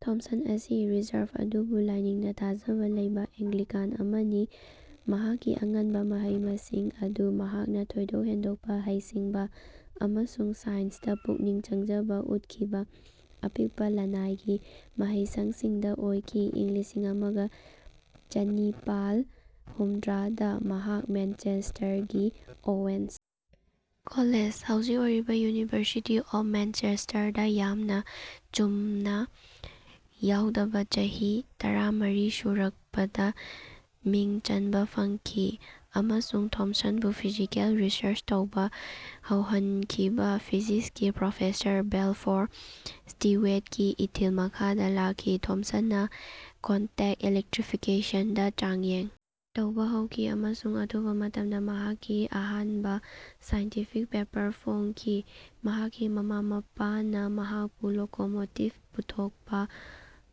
Thomson ꯑꯁꯤ reserve ꯑꯗꯨꯕꯨ ꯂꯥꯏꯅꯤꯡꯗ ꯊꯥꯖꯕ ꯂꯩꯕ ꯑꯦꯡꯒ꯭ꯂꯤꯀꯥꯟ ꯑꯃꯅꯤ꯫ ꯃꯍꯥꯛꯀꯤ ꯑꯉꯟꯕ ꯃꯍꯩ-ꯃꯁꯤꯡ ꯑꯗꯨ ꯃꯍꯥꯛꯅ ꯊꯣꯏꯗꯣꯛ-ꯍꯦꯟꯗꯣꯛꯄ ꯍꯩꯁꯤꯡꯕ ꯑꯃꯁꯨꯡ ꯁꯥꯏꯟꯁꯇ ꯄꯨꯛꯅꯤꯡ ꯆꯪꯖꯕ ꯎꯠꯈꯤꯕ ꯑꯄꯤꯛꯄ ꯂꯅꯥꯏꯒꯤ ꯃꯍꯩꯁꯪꯁꯤꯡꯗ ꯑꯣꯏꯈꯤ꯫ ꯏꯪ ꯂꯤꯁꯤꯡ ꯑꯃꯒ ꯆꯅꯤꯄꯥꯜ ꯍꯨꯝꯗ꯭ꯔꯥꯗ ꯃꯍꯥꯛ ꯃꯦꯟꯆꯦꯁꯇꯔꯒꯤ ꯑꯣꯋꯦꯟꯁ ꯀꯣꯂꯦꯖ (ꯍꯧꯖꯤꯛ ꯑꯣꯏꯔꯤꯕ ꯌꯨꯅꯤꯚꯔꯁꯤꯇꯤ ꯑꯣꯐ ꯃꯥꯟꯆꯦꯁꯇꯔ) ꯗ ꯌꯥꯝꯅ ꯆꯨꯝꯅ ꯌꯥꯎꯗꯕ ꯆꯍꯤ ꯇꯔꯥꯃꯔꯤ ꯁꯨꯔꯛꯄꯗ ꯃꯤꯡ ꯆꯟꯕ ꯐꯪꯈꯤ ꯑꯃꯁꯨꯡ ꯊꯣꯝꯁꯟꯕꯨ ꯐꯤꯖꯤꯀꯦꯜ ꯔꯤꯁꯔ꯭ꯆ ꯇꯧꯕ ꯍꯧꯍꯟꯈꯤꯕ ꯐꯤꯖꯤꯛꯁꯀꯤ ꯄ꯭ꯔꯣꯐꯦꯁꯔ ꯕꯦꯜꯐꯣꯔ ꯁ꯭ꯇꯤꯋꯦꯠꯀꯤ ꯏꯊꯤꯜ ꯃꯈꯥꯗ ꯂꯥꯛꯈꯤ꯫ ꯊꯣꯝꯁꯟꯅ ꯀꯣꯟꯇꯦꯛ ꯏꯂꯦꯛꯇ꯭ꯔꯤꯐꯤꯀꯦꯁꯟꯗ ꯆꯥꯡꯌꯦꯡ ꯇꯧꯕ ꯍꯧꯈꯤ ꯑꯃꯁꯨꯡ ꯑꯊꯨꯕ ꯃꯇꯝꯗ ꯃꯍꯥꯛꯀꯤ ꯑꯍꯥꯟꯕ ꯁꯥꯏꯟꯇꯤꯐꯤꯛ ꯄꯦꯄꯔ ꯐꯣꯡꯈꯤ꯫ ꯃꯍꯥꯛꯀꯤ ꯃꯃꯥ-ꯃꯄꯥꯅ ꯃꯍꯥꯛꯄꯨ ꯂꯣꯀꯣꯃꯣꯇꯤꯞ ꯄꯨꯊꯣꯛꯄ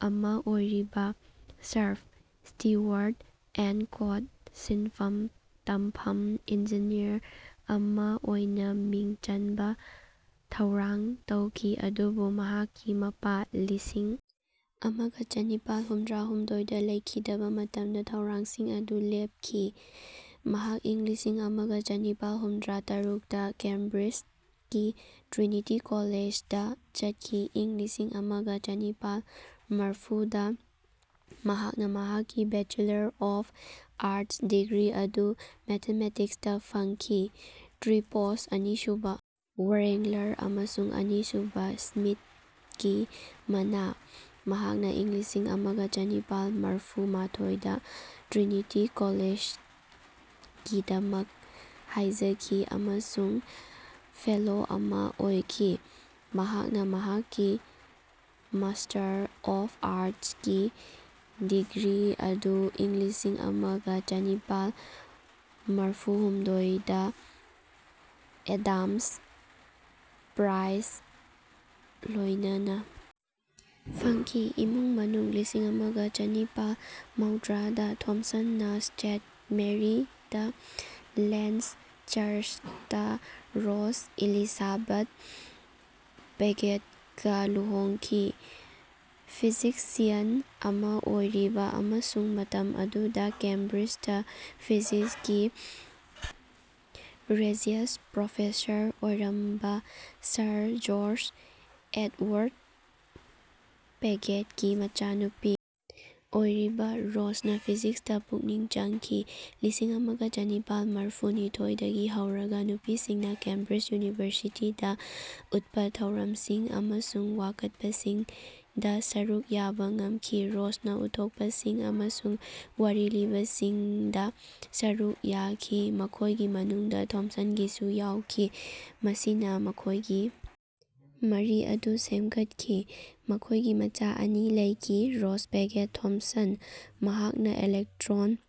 ꯑꯃ ꯑꯣꯏꯔꯤꯕ, ꯁꯔꯞ, ꯁ꯭ꯇꯤꯋꯥꯔꯠ ꯑꯦꯟꯗ ꯀꯣꯗ ꯁꯤꯟꯐꯝ ꯇꯝꯐꯝ ꯏꯟꯖꯤꯅꯤꯌꯔ ꯑꯃ ꯑꯣꯏꯅ ꯃꯤꯡ ꯆꯟꯕ ꯊꯧꯔꯥꯡ ꯇꯧꯈꯤ, ꯑꯗꯨꯕꯨ ꯃꯍꯥꯛꯀꯤ ꯃꯄꯥ ꯂꯤꯁꯤꯡ ꯑꯃꯒ ꯆꯅꯤꯄꯥꯜ ꯍꯨꯝꯗ꯭ꯔꯥꯍꯨꯝꯗꯣꯏꯗ ꯂꯩꯈꯤꯗꯕ ꯃꯇꯝꯗ ꯊꯧꯔꯥꯡꯁꯤꯡ ꯑꯗꯨ ꯂꯦꯞꯈꯤ꯫ ꯃꯍꯥꯛ ꯏꯪ ꯂꯤꯁꯤꯡ ꯑꯃꯒ ꯆꯅꯤꯄꯥꯜ ꯍꯨꯝꯗ꯭ꯔꯥꯇꯔꯨꯛꯗ ꯀꯦꯝꯕ꯭ꯔꯤꯖꯀꯤ ꯇ꯭ꯔꯤꯅꯤꯇꯤ ꯀꯣꯂꯦꯖꯗ ꯆꯠꯈꯤ꯫ ꯏꯪ ꯂꯤꯁꯤꯡ ꯑꯃꯒ ꯆꯅꯤꯄꯥꯜ ꯃꯔꯐꯨꯗ ꯃꯍꯥꯛꯅ ꯃꯍꯥꯛꯀꯤ ꯕꯦꯆꯦꯂꯔ ꯑꯣꯐ ꯑꯥꯔꯠꯁ ꯗꯤꯒ꯭ꯔꯤ ꯑꯗꯨ ꯃꯦꯊꯃꯦꯇꯤꯛꯁꯇ ꯐꯪꯈꯤ(ꯇ꯭ꯔꯤꯄꯣꯁ ꯑꯅꯤꯁꯨꯕ ꯋ꯭ꯔꯦꯡꯂꯔ ꯑꯃꯁꯨꯡ ꯑꯅꯤꯁꯨꯕ ꯁ꯭ꯃꯤꯊꯀꯤ ꯃꯅꯥ)꯫ ꯃꯍꯥꯛꯅ ꯏꯪ ꯂꯤꯁꯤꯡ ꯑꯃꯒ ꯆꯅꯤꯄꯥꯜ ꯃꯔꯐꯨꯃꯥꯊꯣꯏꯗ ꯇ꯭ꯔꯤꯅꯤꯇꯤ ꯀꯣꯂꯦꯖꯒꯤꯗꯃꯛ ꯍꯥꯏꯖꯈꯤ ꯑꯃꯁꯨꯡ ꯐꯦꯂꯣ ꯑꯃ ꯑꯣꯏꯈꯤ꯫ ꯃꯍꯥꯛꯅ ꯃꯍꯥꯛꯀꯤ ꯃꯥꯁꯇꯔ ꯑꯣꯐ ꯑꯥꯔꯠꯁꯀꯤ ꯗꯤꯒ꯭ꯔꯤ ꯑꯗꯨ ꯏꯪ ꯂꯤꯁꯤꯡ ꯑꯃꯒ ꯆꯅꯤꯄꯥꯜ ꯃꯔꯐꯨꯍꯨꯝꯗꯣꯏꯗ ꯑꯦꯗꯝꯁ ꯄ꯭ꯔꯥꯏꯖ ꯂꯣꯏꯅꯅ ꯐꯪꯈꯤ꯫ ꯏꯃꯨꯡ ꯃꯅꯨꯡ ꯂꯤꯁꯤꯡ ꯑꯃꯒ ꯆꯅꯤꯄꯥꯜ ꯃꯧꯗ꯭ꯔꯥꯗ ꯊꯣꯝꯁꯟꯅ ꯁꯦꯟꯠ ꯃꯦꯔꯤ ꯗ ꯂꯦꯁ ꯆꯔꯆꯇ ꯔꯣꯖ ꯏꯂꯤꯁꯥꯕꯠ ꯄꯦꯒꯦꯠꯒ ꯂꯨꯍꯣꯡꯈꯤ꯫ ꯐꯤꯖꯤꯛꯁꯤꯌꯟ ꯑꯃ ꯑꯣꯏꯔꯤꯕ ꯑꯃꯁꯨꯡ ꯃꯇꯝ ꯑꯗꯨꯗ ꯀꯦꯝꯕ꯭ꯔꯤꯖꯇ ꯐꯤꯖꯤꯛꯁꯀꯤ ꯔꯦꯖꯤꯌꯁ ꯄ꯭ꯔꯣꯐꯦꯁꯔ ꯑꯣꯏꯔꯝꯕ ꯁꯔ ꯖꯣꯔ꯭ꯖ ꯑꯦꯗꯋꯥꯔ꯭ꯗ ꯄꯦꯒꯦꯠꯀꯤ ꯃꯆꯥꯅꯨꯄꯤ ꯑꯣꯏꯔꯤꯕ ꯔꯣꯖꯅ ꯐꯤꯖꯤꯛꯁꯇ ꯄꯨꯛꯅꯤꯡ ꯆꯪꯈꯤ꯫ ꯂꯤꯁꯤꯡ ꯑꯃꯒ ꯆꯅꯤꯄꯥꯜ ꯃꯔꯐꯨꯅꯤꯊꯣꯏꯗꯒꯤ ꯍꯧꯔꯗꯨꯅ ꯅꯨꯄꯤꯁꯤꯡꯅ ꯀꯦꯝꯕ꯭ꯔꯤꯖ ꯌꯨꯅꯤꯚꯔꯁꯤꯇꯤꯗ ꯎꯠꯄ ꯊꯧꯔꯝꯁꯤꯡ ꯑꯃꯁꯨꯡ ꯋꯥꯀꯠꯄꯁꯤꯡꯗ ꯁꯔꯨꯛ ꯌꯥꯕ ꯉꯝꯈꯤ꯫ ꯔꯣꯖꯅ ꯎꯠꯊꯣꯛꯄꯁꯤꯡ ꯑꯃꯁꯨꯡ ꯋꯥꯔꯤ ꯂꯤꯕꯁꯤꯡꯗ ꯁꯔꯨꯛ ꯌꯥꯈꯤ, ꯃꯈꯣꯏꯒꯤ ꯃꯅꯨꯡꯗ ꯊꯣꯝꯁꯟꯒꯤꯁꯨ ꯌꯥꯎꯈꯤ, ꯃꯁꯤꯅ ꯃꯈꯣꯏꯒꯤ ꯃꯔꯤ ꯑꯗꯨ ꯁꯦꯝꯒꯠꯈꯤ꯫ ꯃꯈꯣꯏꯒꯤ ꯃꯆꯥ ꯑꯅꯤ ꯂꯩꯈꯤ: ꯖꯣꯔ꯭ꯖ ꯄꯦꯒꯦꯠ ꯊꯣꯝꯁꯟ, ꯃꯍꯥꯛꯅ ꯏꯂꯦꯛꯇ꯭ꯔꯣꯟ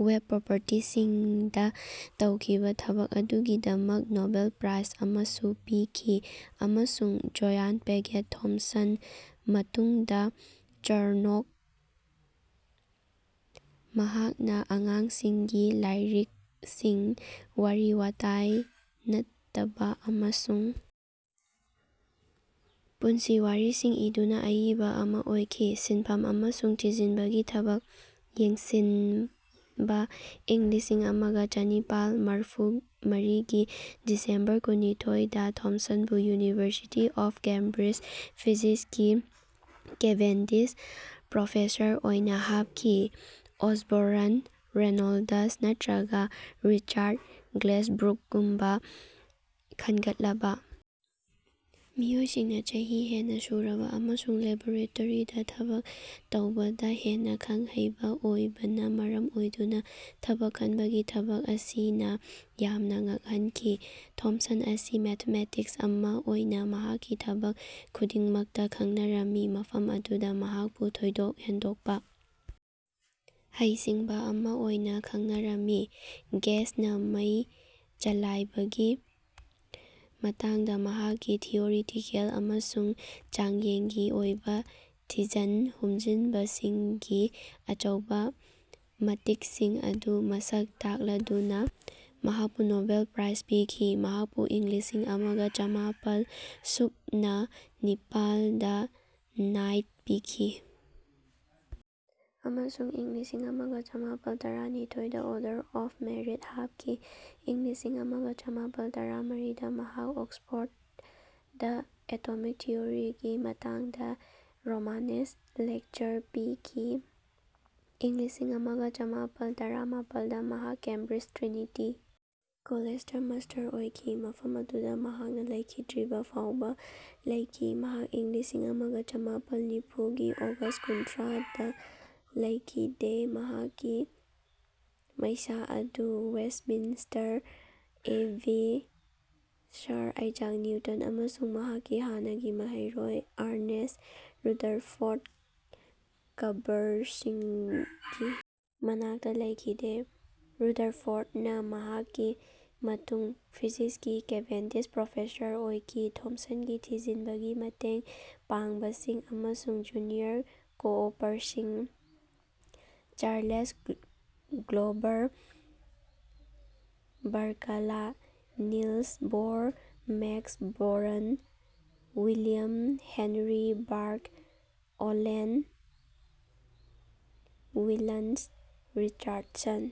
ꯋꯦꯞ ꯄ꯭ꯔꯣꯄꯔꯇꯤꯁꯤꯡꯗ ꯇꯧꯈꯤꯕ ꯊꯕꯛ ꯑꯗꯨꯒꯤꯗꯃꯛ ꯅꯣꯕꯦꯜ ꯄ꯭ꯔꯥꯏꯖ ꯑꯃꯁꯨ ꯄꯤꯈꯤ, ꯑꯃꯁꯨꯡ ꯖꯣꯌꯟ ꯄꯦꯒꯦꯠ ꯊꯥꯝꯁꯟ (ꯃꯇꯨꯡꯗ ꯆꯥꯔꯅꯣꯛ), ꯃꯍꯥꯛꯅ ꯑꯉꯥꯡꯁꯤꯡꯒꯤ ꯂꯥꯏꯔꯤꯛꯁꯤꯡ, ꯋꯥꯔꯤ-ꯋꯥꯇꯥꯏ ꯅꯠꯇꯕ ꯑꯃꯁꯨꯡ ꯄꯨꯟꯁꯤ ꯋꯥꯔꯤꯁꯤꯡ ꯏꯗꯨꯅ ꯑꯏꯕ ꯑꯃ ꯑꯣꯏꯈꯤ꯫ ꯁꯤꯟꯐꯝ ꯑꯃꯁꯨꯡ ꯊꯤꯖꯤꯟꯕꯒꯤ ꯊꯕꯛ ꯌꯦꯡꯁꯤꯟꯕ ꯏꯪ ꯂꯤꯁꯤꯡ ꯑꯃꯒ ꯆꯅꯤꯄꯥꯜ ꯃꯔꯐꯨꯃꯔꯤꯒꯤ ꯗꯤꯁꯦꯝꯕꯔ ꯀꯨꯟꯅꯤꯊꯣꯏꯗ ꯊꯣꯝꯁꯟꯕꯨ ꯌꯨꯅꯤꯚꯔꯁꯤꯇꯤ ꯑꯣꯐ ꯀꯦꯝꯕ꯭ꯔꯤꯖ ꯐꯤꯖꯤꯛꯁꯀꯤ ꯀꯦꯚꯦꯟꯗꯤꯁ ꯄ꯭ꯔꯣꯐꯦꯁꯔ ꯑꯣꯏꯅ ꯍꯥꯞꯈꯤ꯫ ꯑꯣꯁꯕꯣꯔꯟ ꯔꯦꯅꯣꯜꯗ꯭ꯁ ꯅꯠꯇ꯭ꯔꯒ ꯔꯤꯆꯥ꯭ꯔꯠ ꯒ꯭ꯂꯦꯖꯕ꯭ꯔꯨꯛꯒꯨꯝꯕ ꯈꯟꯒꯠꯂꯕ ꯃꯤꯑꯣꯏꯁꯤꯡꯅ ꯆꯍꯤ ꯍꯦꯟꯅ ꯁꯨꯔꯕ ꯑꯃꯁꯨꯡ ꯂꯦꯕꯣꯔꯦꯇꯔꯤꯗ ꯊꯕꯛ ꯇꯧꯕꯗ ꯍꯦꯟꯅ ꯈꯪ-ꯍꯩꯕ ꯑꯣꯏꯕꯅ ꯃꯔꯝ ꯑꯣꯏꯗꯨꯅ ꯊꯕꯛ ꯈꯟꯕꯒꯤ ꯊꯕꯛ ꯑꯁꯤꯅ ꯌꯥꯝꯅ ꯉꯛꯍꯟꯈꯤ꯫ ꯊꯣꯝꯁꯟ ꯑꯁꯤ ꯃꯦꯊꯥꯃꯦꯇꯤꯁ ꯑꯃ ꯑꯣꯏꯅ ꯃꯍꯥꯛꯀꯤ ꯊꯕꯛ ꯑꯗꯨꯒꯤꯗꯃꯛ ꯈꯪꯅꯔꯝꯃꯤ, ꯃꯐꯝ ꯑꯗꯨꯗ ꯃꯍꯥꯛꯄꯨ ꯊꯣꯏꯗꯣꯛ ꯍꯦꯟꯗꯣꯛꯄ ꯍꯩꯁꯤꯡꯕ ꯑꯃ ꯑꯣꯏꯅ ꯈꯪꯅꯔꯝꯃꯤ꯫ "ꯒꯦꯁꯅ ꯃꯩ ꯆꯂꯥꯏꯕꯒꯤ ꯃꯇꯥꯡꯗ ꯃꯍꯥꯛꯀꯤ ꯊꯤꯑꯣꯔꯤꯇꯤꯀꯦꯜ ꯑꯃꯁꯨꯡ ꯆꯥꯡꯌꯦꯡꯒꯤ ꯑꯣꯏꯕ ꯊꯤꯖꯟ ꯍꯨꯝꯖꯟꯕꯁꯤꯡꯒꯤ ꯑꯆꯧꯕ ꯃꯇꯤꯛꯁꯤꯡ ꯑꯗꯨ ꯃꯁꯛ ꯇꯥꯛꯂꯗꯨꯅ" ꯃꯍꯥꯛꯄꯨ ꯅꯣꯕꯦꯜ ꯄ꯭ꯔꯥꯏꯖ ꯄꯤꯈꯤ꯫ ꯃꯍꯥꯛꯄꯨ ꯏꯪ ꯂꯤꯁꯤꯡ ꯑꯃꯒ ꯆꯃꯥꯄꯜ ꯁꯨꯞꯅ ꯅꯤꯄꯥꯜꯗ ꯅꯥꯏꯠ ꯄꯤꯈꯤ ꯑꯃꯁꯨꯡ ꯏꯪ ꯂꯤꯁꯤꯡ ꯑꯃꯒ ꯆꯃꯥꯄꯜ ꯇꯔꯥꯅꯤꯊꯣꯏꯗ ꯑꯣꯔꯗꯔ ꯑꯣꯐ ꯃꯦꯔꯤꯠ ꯍꯥꯞꯈꯤ꯫ ꯏꯪ ꯂꯤꯁꯤꯡ ꯑꯃꯒ ꯆꯃꯥꯄꯜ ꯇꯔꯥꯃꯔꯤꯗ ꯃꯍꯥꯛꯅ ꯑꯣꯛ꯭ꯁꯐꯣꯔ꯭ꯗꯇ "ꯗ ꯑꯦꯇꯣꯃꯤꯛ ꯊꯤꯑꯣꯔꯤ" ꯒꯤ ꯃꯇꯥꯡꯗ ꯔꯣꯃꯥꯅꯦꯁ ꯂꯦꯛꯆꯔ ꯄꯤꯈꯤ꯫ ꯏꯪ ꯂꯤꯁꯤꯡ ꯑꯃꯒ ꯆꯃꯥꯄꯜ ꯇꯔꯥꯅꯤꯄꯥꯜꯗ ꯃꯍꯥꯛ ꯀꯦꯝꯕ꯭ꯔꯤꯖ ꯇ꯭ꯔꯤꯅꯤꯇꯤ ꯀꯣꯂꯦꯖꯇ ꯃꯥꯁꯇꯔ ꯑꯣꯏꯈꯤ, ꯃꯐꯝ ꯑꯗꯨꯗ ꯃꯍꯥꯛꯅ ꯂꯩꯈꯤꯗ꯭ꯔꯤꯕ ꯐꯥꯎꯕ ꯂꯩꯈꯤ꯫ ꯃꯍꯥꯛ ꯏꯪ ꯂꯤꯁꯤꯡ ꯑꯃꯒ ꯆꯃꯥꯄꯜ ꯅꯤꯐꯨꯒꯤ ꯑꯣꯒꯁ ꯀꯨꯟꯊ꯭ꯔꯥꯗ ꯂꯩꯈꯤꯗꯦ, ꯃꯍꯥꯛꯀꯤ ꯃꯩꯁꯥ ꯑꯗꯨ Westminster Abbey, Sir Isaac Newton ꯑꯃꯁꯨꯡ ꯃꯍꯥꯛꯀꯤ ꯍꯥꯟꯅꯒꯤ ꯃꯍꯩꯔꯣꯏ ꯑꯔꯅꯦꯁ ꯔꯨꯗꯔꯐꯣꯔꯠ ꯀꯕ꯭ꯔꯁꯤꯡꯒꯤ ꯃꯅꯥꯛꯇ ꯂꯩꯈꯤꯗꯦ꯫ ꯔꯨꯗꯔꯐꯣꯔꯠꯅ ꯃꯍꯥꯛꯀꯤ ꯃꯇꯨꯡꯗ ꯐꯤꯖꯤꯛꯁꯀꯤ ꯀꯦꯚꯦꯟꯗꯤꯁ ꯄ꯭ꯔꯣꯐꯦꯁꯔ ꯑꯣꯏꯈꯤ꯫ ꯊꯣꯝꯁꯟꯒꯤ ꯊꯤꯖꯤꯟꯕꯗ ꯃꯇꯦꯡ ꯄꯥꯡꯕꯁꯤꯡ ꯑꯃꯁꯨꯡ ꯖ꯭ꯌꯨꯅꯤꯌꯔ ꯀꯣꯑꯣꯄꯔꯁꯤꯡ (Charles Glover Barkla, Niels Bohr, Max Born, William Henry Bragg, Owen Willans Richardson